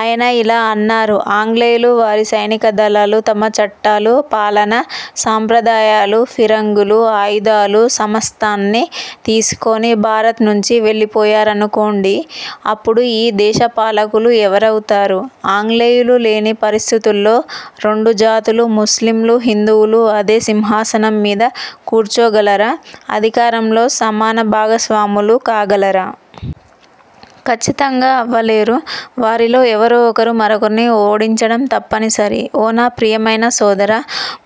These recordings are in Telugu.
ఆయన ఇలా అన్నారు. 'ఆంగ్లేయులు, వారి సైనికదళాలు తమ చట్టాలు, పాలనా సంప్రదాయాలు, ఫిరంగులు, ఆయుధాలు సమస్తాన్నీ తీసుకొని భారత్ నుంచి వెళ్ళిపోయారనుకోండి. అప్పుడు ఈ దేశపాలకులు ఎవరవుతారు? ఆంగ్లేయులు లేని పరిస్థితుల్లో రెండు జాతులు– ముస్లింలు, హిందువులు అదే సింహాసనం మీద కూర్చోగలరా? అధికారంలో సమానభాగస్వాములు కాగలరా? ఖచ్చితంగా అవ్వలేరు. వారిలో ఎవరో ఒకరు మరొకరిని ఓడించడం తప్పనిసరి ఓ నా ప్రియమైన సోదర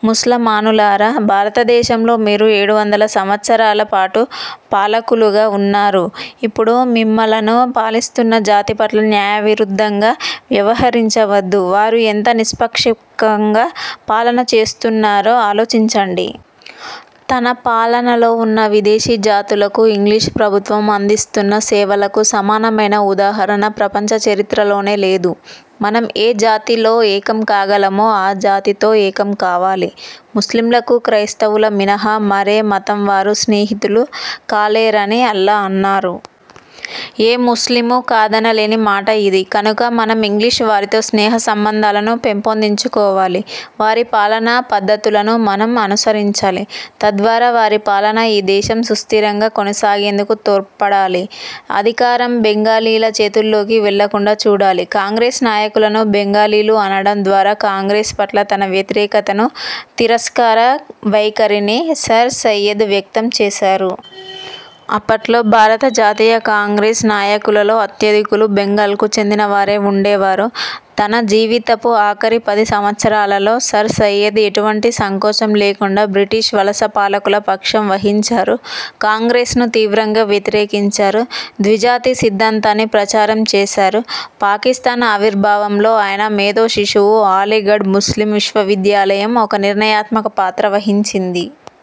ముస్లమానులారా, భారతదేశంలో మీరు ఏడువందల సంవత్సరాల పాటు పాలకులుగా వున్నారు. ఇప్పుడు మిమ్ములను పాలిస్తున్న జాతిపట్ల న్యాయ విరుద్ధంగా వ్యవహరించవద్దు. వారు ఎంత నిష్పాక్షికంగా పాలన చేస్తున్నారో ఆలోచించండి. తన పాలనలో వున్న విదేశీ జాతులకు ఇంగ్లీష్ ప్రభుత్వం అందిస్తున్న సేవలకు సమానమైన ఉదాహరణ ప్రపంచ చరిత్రలోనే లేదు'. మనం ఏ జాతిలో ఏకం కాగలమో ఆ జాతితో ఏకం కావాలి. ముస్లింలకు క్రైస్తవుల మినహా మరే మతం వారు స్నేహితులు కాలేరని అల్లా అన్నారు. ఏ ముస్లిమూ కాదనలేని మాట ఇది. కనుక మనం ఇంగ్లీష్ వారితో స్నేహ సంబంధాలను పెంపొందించుకోవాలి. వారి పాలనా పద్ధతులను మనం అనుసరించాలి. తద్వారా వారి పాలన ఈ దేశం సుస్థిరంగా కొనసాగేందుకు తోడ్పడాలి. అధికారం బెంగాలీల చేతుల్లోకి వెళ్ళకుండా చూడాలి'. కాంగ్రెస్ నాయకులను 'బెంగాలీలు' అనడం ద్వారా కాంగ్రెస్ పట్ల తన వ్యతిరేకతను, తిరస్కార వైఖరిని సర్ సయ్యద్ వ్యక్తం చేశారు. అప్పట్లో భారత జాతీయ కాంగ్రెస్ నాయకులలో అత్యధికులు బెంగాల్కు చెందినవారే వుండేవారు. తన జీవితపు ఆఖరి పది సంవత్పరాలలో సర్ సయ్యద్ ఎటువంటి సంకోచం లేకుండా బ్రిటిష్ వలసపాలకుల పక్షం వహించారు. కాంగ్రెస్ను తీవ్రంగా వ్యతిరేకించారు. ద్విజాతి సిద్ధాంతాన్ని ప్రచారం చేశారు. పాకిస్థాన్ ఆవిర్భావంలో ఆయన మేధో శిశువు అలీగఢ్ ముస్లిమ్ విశ్వవిద్యాలయం ఒక నిర్ణయాత్మక పాత్ర వహించింది.